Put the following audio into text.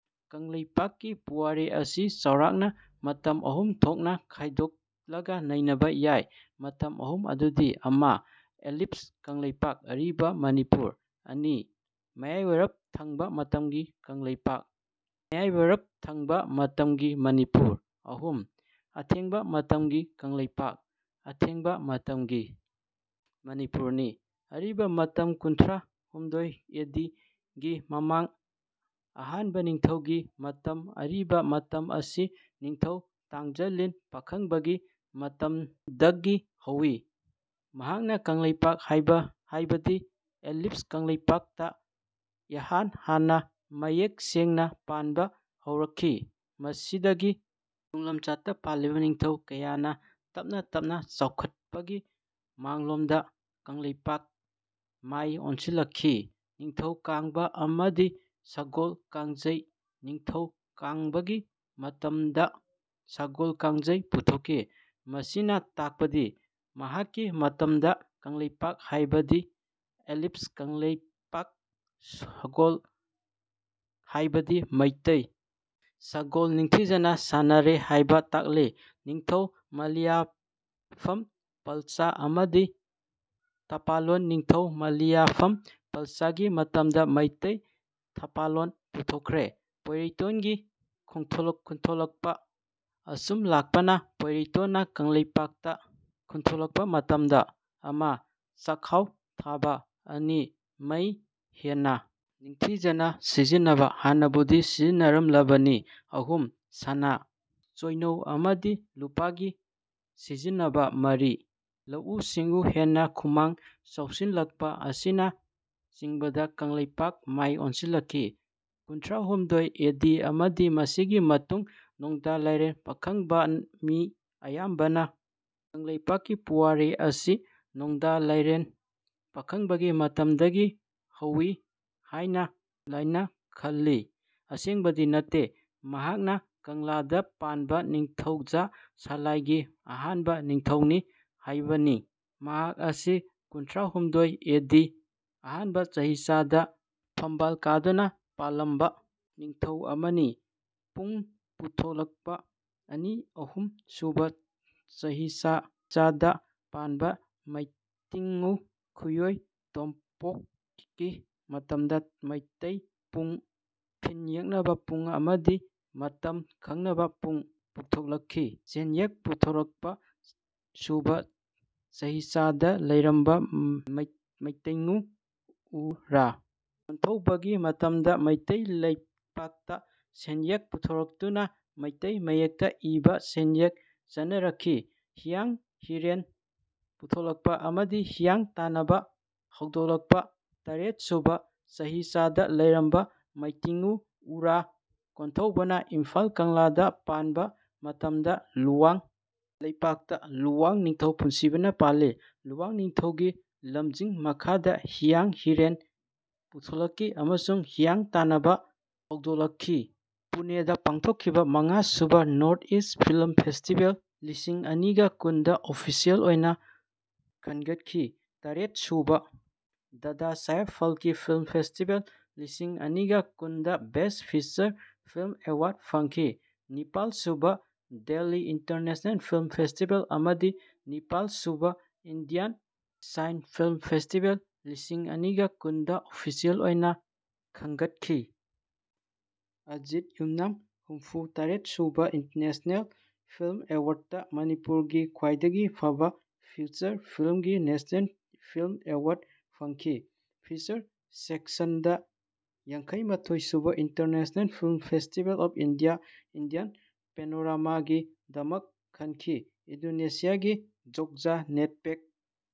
ꯀꯪꯂꯩꯄꯥꯛꯀꯤ ꯄꯨꯋꯥꯔꯤ ꯑꯁꯤ ꯆꯥꯎꯔꯥꯛꯅ ꯃꯇꯝ ꯑꯍꯨꯝ ꯊꯣꯛꯅ ꯈꯥꯢꯗꯣꯛꯂꯒ ꯅꯩꯅꯕ ꯌꯥꯢ꯫ ꯃꯇꯝ ꯑꯍꯨꯝ ꯑꯗꯨꯗꯤ: ꯑꯃ) ꯑꯂꯤꯄ ꯀꯪꯂꯩꯄꯥꯛ (ꯑꯔꯤꯕ ꯃꯅꯤꯄꯨꯔ) ꯑꯅꯤ) ꯃꯌꯥꯢꯋꯥꯢꯔꯞ ꯊꯪꯕ ꯃꯇꯝꯒꯤ ꯀꯪꯂꯩꯄꯥꯛ (ꯃꯌꯥꯢꯋꯥꯢꯔꯞ ꯊꯪꯕ ꯃꯇꯝꯒꯤ ꯃꯅꯤꯄꯨꯔ) ꯑꯍꯨꯝ) ꯑꯊꯦꯡꯕ ꯃꯇꯝꯒꯤ ꯀꯪꯂꯩꯄꯥꯛ (ꯑꯊꯦꯡꯕ ꯃꯇꯝꯒꯤ ꯃꯅꯤꯄꯨꯔ)ꯅꯤ꯫ ꯑꯔꯤꯕ ꯃꯇꯝ ꯀꯨꯟꯊ꯭ꯔꯥ ꯍꯨꯝꯗꯣꯏ ꯑꯦ ꯗꯤ ꯒꯤ ꯃꯃꯥꯡ ꯑꯍꯥꯟꯕ ꯅꯤꯡꯊꯧꯒꯤ ꯃꯇꯝ ꯑꯔꯤꯕ ꯃꯇꯝ ꯑꯁꯤ ꯅꯤꯡꯊꯧ ꯇꯥꯡꯖ ꯂꯤꯂ ꯄꯥꯈꯪꯕꯒꯤ ꯃꯇꯝꯗꯒꯤ ꯍꯧꯏ꯫ ꯃꯍꯥꯛꯅ ꯀꯪꯂꯩꯄꯥꯛ ꯍꯥꯢꯕꯗꯤ ꯑꯂꯤꯄ ꯀꯪꯂꯩꯄꯥꯛꯇ ꯏꯍꯥꯟ ꯍꯥꯟꯅ ꯃꯌꯦꯛ ꯁꯦꯡꯅ ꯄꯥꯟꯕ ꯍꯧꯔꯛꯈꯤ꯫ ꯃꯁꯤꯗꯒꯤ ꯇꯨꯡꯂꯝꯆꯠꯇ ꯄꯥꯜꯂꯛꯄ ꯅꯤꯡꯊꯧ ꯀꯌꯥꯅ ꯇꯞꯅ ꯇꯞꯅ ꯆꯥꯎꯈꯠꯄꯒꯤ ꯃꯥꯡꯂꯣꯝꯗ ꯀꯪꯂꯩꯄꯥꯛ ꯃꯥꯢ ꯑꯣꯟꯁꯤꯜꯍꯟꯂꯛꯈꯤ꯫ ꯅꯤꯡꯊꯧ ꯀꯥꯡꯕ ꯑꯃꯗꯤ ꯁꯒꯣꯜ ꯀꯥꯡꯖꯩ ꯅꯤꯡꯊꯧ ꯀꯥꯡꯄꯒꯤ ꯃꯇꯝꯗ ꯁꯒꯣꯜ ꯀꯥꯡꯖꯩ ꯄꯨꯊꯣꯛꯈꯤ꯫ ꯃꯁꯤꯅ ꯇꯥꯛꯄꯗꯤ ꯃꯍꯥꯛꯀꯤ ꯃꯇꯝꯗ ꯀꯪꯂꯩꯄꯥꯛ ꯍꯥꯢꯕꯗꯤ ꯑꯂꯤꯄ ꯀꯪꯂꯩꯄꯥꯛꯇ ꯁꯒꯣꯜ ꯍꯥꯢꯕꯗꯤ ꯃꯩꯇꯩ ꯁꯒꯣꯜ ꯅꯤꯡꯊꯤꯖꯅ ꯁꯤꯖꯤꯟꯅꯔꯦ ꯍꯥꯢꯕ ꯇꯥꯛꯂꯤ꯫ ꯅꯤꯡꯊꯧ ꯃꯂꯤꯌꯥꯐꯝ ꯄꯥꯜꯆꯥ ꯑꯃꯗꯤ ꯊꯥꯄꯥꯂꯣꯟ ꯅꯤꯡꯊꯧ ꯃꯂꯤꯌꯥꯐꯝ ꯄꯥꯜꯆꯥꯒꯤ ꯃꯇꯝꯗ ꯃꯤꯇꯩ ꯊꯄꯥꯂꯣꯟ ꯄꯨꯊꯣꯛꯈꯤ꯫ ꯄꯣꯢꯔꯩꯇꯣꯟ ꯒꯤ ꯈꯨꯟꯊꯣꯛꯂꯛꯄ ꯑꯁꯨꯝ ꯂꯥꯛꯄꯅ ꯄꯣꯢꯔꯩꯇꯣꯟꯅ ꯀꯪꯂꯩꯄꯥꯛ ꯇ ꯈꯨꯟꯊꯣꯛꯂꯛꯄ ꯃꯇꯝꯗ ꯑꯃ) ꯆꯥꯛꯍꯥꯎ ꯊꯥꯕ, ꯑꯅꯤ) ꯃꯩ ꯍꯦꯟꯅ ꯅꯤꯡꯊꯤꯖꯅ ꯁꯤꯖꯤꯟꯕ (ꯍꯥꯟꯅꯕꯨꯗꯤ ꯁꯤꯖꯤꯟꯅꯔꯝꯂꯕꯅꯤ), ꯑꯍꯨꯝ) ꯁꯅꯥ (ꯆꯣꯢꯅꯧ) ꯑꯃꯗꯤ ꯂꯨꯄꯥ ꯒꯤ ꯁꯤꯖꯤꯟꯕ, ꯃꯔꯤ) ꯂꯧꯎ ꯁꯤꯡꯎ ꯍꯦꯟꯅ ꯈꯨꯃꯥꯡ ꯆꯥꯎꯁꯤꯟꯂꯛꯄ ꯑꯁꯤꯅꯆꯤꯡꯕꯗ ꯀꯪꯂꯩꯄꯥꯛ ꯃꯥꯢ ꯑꯣꯟꯁꯤꯜꯂꯛꯈꯤ꯫ ꯀꯨꯟꯊ꯭ꯔꯥ ꯍꯨꯝꯗꯣꯏ ꯑꯦ ꯗꯤ ꯑꯃꯗꯤ ꯃꯁꯤꯒꯤ ꯃꯇꯨꯡ ꯅꯣꯡꯗꯥ ꯂꯥꯢꯔꯦꯟ ꯄꯥꯈꯪꯕ ꯃꯤ ꯑꯌꯥꯝꯕꯅ ꯀꯪꯂꯩꯄꯥꯛꯀꯤ ꯄꯨꯋꯥꯔꯤ ꯑꯁꯤ ꯅꯣꯡꯗꯥ ꯂꯥꯢꯔꯦꯟ ꯄꯥꯈꯪꯕꯒꯤ ꯃꯇꯝꯗꯒꯤ ꯍꯧꯏ ꯍꯥꯢꯅ ꯂꯥꯟꯅ ꯈꯜꯂꯤ꯫ ꯑꯁꯦꯡꯕꯗꯤ ꯅꯠꯇꯦ꯫ ꯃꯍꯥꯛꯅ ꯀꯪꯂꯥꯗ ꯄꯥꯟꯕ ꯅꯤꯡꯊꯧꯖꯥ ꯁꯂꯥꯢꯒꯤ ꯑꯍꯥꯟꯕ ꯅꯤꯡꯊꯧꯅꯤ ꯍꯥꯢꯕꯅꯤ꯫ ꯃꯍꯥꯛ ꯑꯁꯤ ꯀꯨꯟꯊ꯭ꯔꯥ ꯍꯨꯝꯗꯣꯏ ꯑꯦ ꯗꯤ (ꯑꯍꯥꯟꯕ ꯆꯍꯤꯆꯥ) ꯗ ꯐꯝꯄꯥꯜ ꯀꯥꯗꯨꯅ ꯄꯥꯂꯝꯕ ꯅꯤꯡꯊꯧ ꯑꯃꯅꯤ꯫ ꯄꯨꯡ ꯄꯨꯊꯣꯛꯂꯛꯄ ꯑꯅꯤ - ꯑꯍꯨꯝ ꯁꯨꯕ ꯆꯍꯤꯆꯥ ꯗ ꯄꯥꯟꯕ ꯃꯩꯇꯤꯡꯉꯨ ꯈꯨꯌꯣꯢ ꯇꯣꯝꯄꯣꯛꯒꯤ ꯃꯇꯝꯗ ꯃꯤꯇꯩ ꯄꯨꯡ (ꯊꯤꯟ-ꯌꯦꯢꯅꯕ ꯄꯨꯡ ꯑꯃꯗꯤ ꯃꯇꯝ ꯈꯪꯅꯕ ꯄꯨꯡ) ꯄꯨꯊꯣꯛꯂꯛꯈꯤ꯫ ꯁꯦꯟꯌꯦꯛ ꯄꯨꯊꯣꯛꯂꯛꯄ ꯇꯔꯦꯠ ꯁꯨꯕ ꯆꯍꯤꯆꯥ ꯗ ꯂꯩꯔꯝꯕ ꯃꯩꯇꯤꯡꯉꯨ ꯎꯔꯥ ꯀꯣꯟꯊꯧꯕ ꯒꯤ ꯃꯇꯝꯗ ꯃꯩꯇꯩ ꯂꯩꯄꯥꯛꯇ ꯁꯦꯟꯌꯦꯛ ꯄꯨꯊꯣꯛꯂꯛꯇꯨꯅ ꯃꯤꯇꯩ ꯃꯌꯦꯛꯇ ꯏꯕ ꯁꯦꯟꯌꯦꯛ ꯆꯠꯅꯔꯛꯈꯤ꯫ ꯍꯤꯌꯥꯡ ꯍꯤꯔꯦꯟ ꯄꯨꯊꯣꯛꯂꯛꯄ ꯑꯃꯗꯤ ꯍꯤꯌꯥꯡ ꯇꯥꯟꯅꯕ ꯍꯧꯗꯣꯛꯂꯛꯄ ꯇꯔꯦꯠ ꯁꯨꯕ ꯆꯍꯤꯆꯥ ꯗ ꯂꯩꯔꯝꯕ ꯃꯩꯇꯤꯡꯉꯨ ꯎꯔꯥ ꯀꯣꯟꯊꯧꯕ ꯅ ꯏꯝꯐꯥꯜ ꯀꯪꯂꯥꯗ ꯄꯥꯟꯕ ꯃꯇꯝꯗ ꯂꯨꯋꯥꯡ ꯂꯩꯄꯥꯛꯇ ꯂꯨꯋꯥꯡ ꯅꯤꯡꯊꯧ ꯄꯨꯟꯁꯤꯕ ꯅ ꯄꯥꯜꯂꯤ꯫ ꯂꯨꯋꯥꯡ ꯅꯤꯡꯊꯧ ꯀꯤ ꯂꯝꯖꯤꯡ ꯃꯈꯥꯗ ꯍꯤꯌꯥꯡ ꯍꯤꯔꯦꯟ ꯄꯨꯊꯣꯛꯂꯛꯈꯤ ꯑꯃꯗꯤ ꯍꯤꯌꯥꯡ ꯇꯥꯟꯅꯕ ꯍꯧꯗꯣꯛꯂꯛꯈꯤ꯫ ꯄꯨꯅꯦꯗ ꯄꯥꯡꯊꯣꯛꯈꯤꯕ ꯃꯉꯥ ꯁꯨꯕ ꯅꯣꯔ꯭ꯊ-ꯏꯁ꯭ꯠ ꯐꯤꯜꯝ ꯐꯦꯁꯇꯤꯚꯦꯜ ꯂꯤꯁꯤꯡ ꯑꯅꯤꯒ ꯀꯨꯟꯗ ꯑꯣꯐꯤꯁ꯭ꯌꯦꯜ ꯑꯣꯏꯅ ꯈꯟꯒꯠꯈꯤ꯫ ꯇꯔꯥ ꯁꯨꯕ ꯗꯥꯗꯥ ꯁꯥꯍꯦꯕ ꯐꯥꯜꯀꯦ ꯐꯤꯜꯝ ꯐꯦꯁꯇꯤꯚꯦꯜ ꯂꯤꯁꯤꯡ ꯑꯅꯤꯒ ꯀꯨꯟꯗ ꯕꯦꯁ꯭ꯠ ꯐꯤꯆꯔ ꯐꯤꯜꯝ ꯑꯦꯋꯥꯔ꯭ꯗ ꯐꯪꯈꯤ꯫ ꯅꯤꯄꯥꯜ ꯁꯨꯕ ꯗꯦꯜꯂꯤ ꯏꯟꯇꯔꯅꯦꯁꯅꯦꯜ ꯐꯤꯜꯝ ꯐꯦꯁꯇꯤꯚꯦꯜ ꯑꯃꯁꯨꯡ ꯅꯤꯄꯥꯜ ꯁꯨꯕ ꯏꯟꯗꯤꯌꯟ ꯁꯤꯅꯦ ꯐꯤꯜꯝ ꯐꯦꯁꯇꯤꯚꯦꯜ ꯂꯤꯁꯤꯡ ꯑꯅꯤꯒ ꯀꯨꯟ ꯗ ꯑꯣꯐꯤꯁꯤꯌꯦꯜ ꯑꯣꯏꯅ ꯈꯟꯒꯠꯈꯤ꯫ ꯑꯖꯤꯠ ꯌꯨꯝꯅꯥꯝ ꯍꯨꯝꯐꯨ ꯇꯔꯦꯠ ꯁꯨꯕ ꯅꯦꯁꯅꯦꯜ ꯐꯤꯜꯝ ꯑꯦꯋꯥꯔ꯭ꯗꯁꯇ ꯃꯅꯤꯄꯨꯔꯒꯤ ꯈ꯭ꯋꯥꯏꯗꯒꯤ ꯐꯕ ꯐꯤꯆꯔ ꯐꯤꯜꯝꯒꯤ ꯅꯦꯁꯅꯦꯜ ꯐꯤꯜꯝ ꯑꯦꯋꯥꯔ꯭ꯗ ꯐꯪꯈꯤ꯫ ꯐꯤꯆꯔ ꯁꯦꯛꯁꯟꯗ ꯌꯥꯡꯈꯩ ꯃꯥꯊꯣꯏ ꯁꯨꯕ international film festival of India (Indian panorama) ꯒꯤꯗꯃꯛ ꯈꯟꯈꯤ꯫ ꯏꯟꯗꯣꯅꯦꯁꯤꯌꯥꯒꯤ ꯖꯣꯒꯖꯥ-ꯅꯦꯠꯄꯦꯛ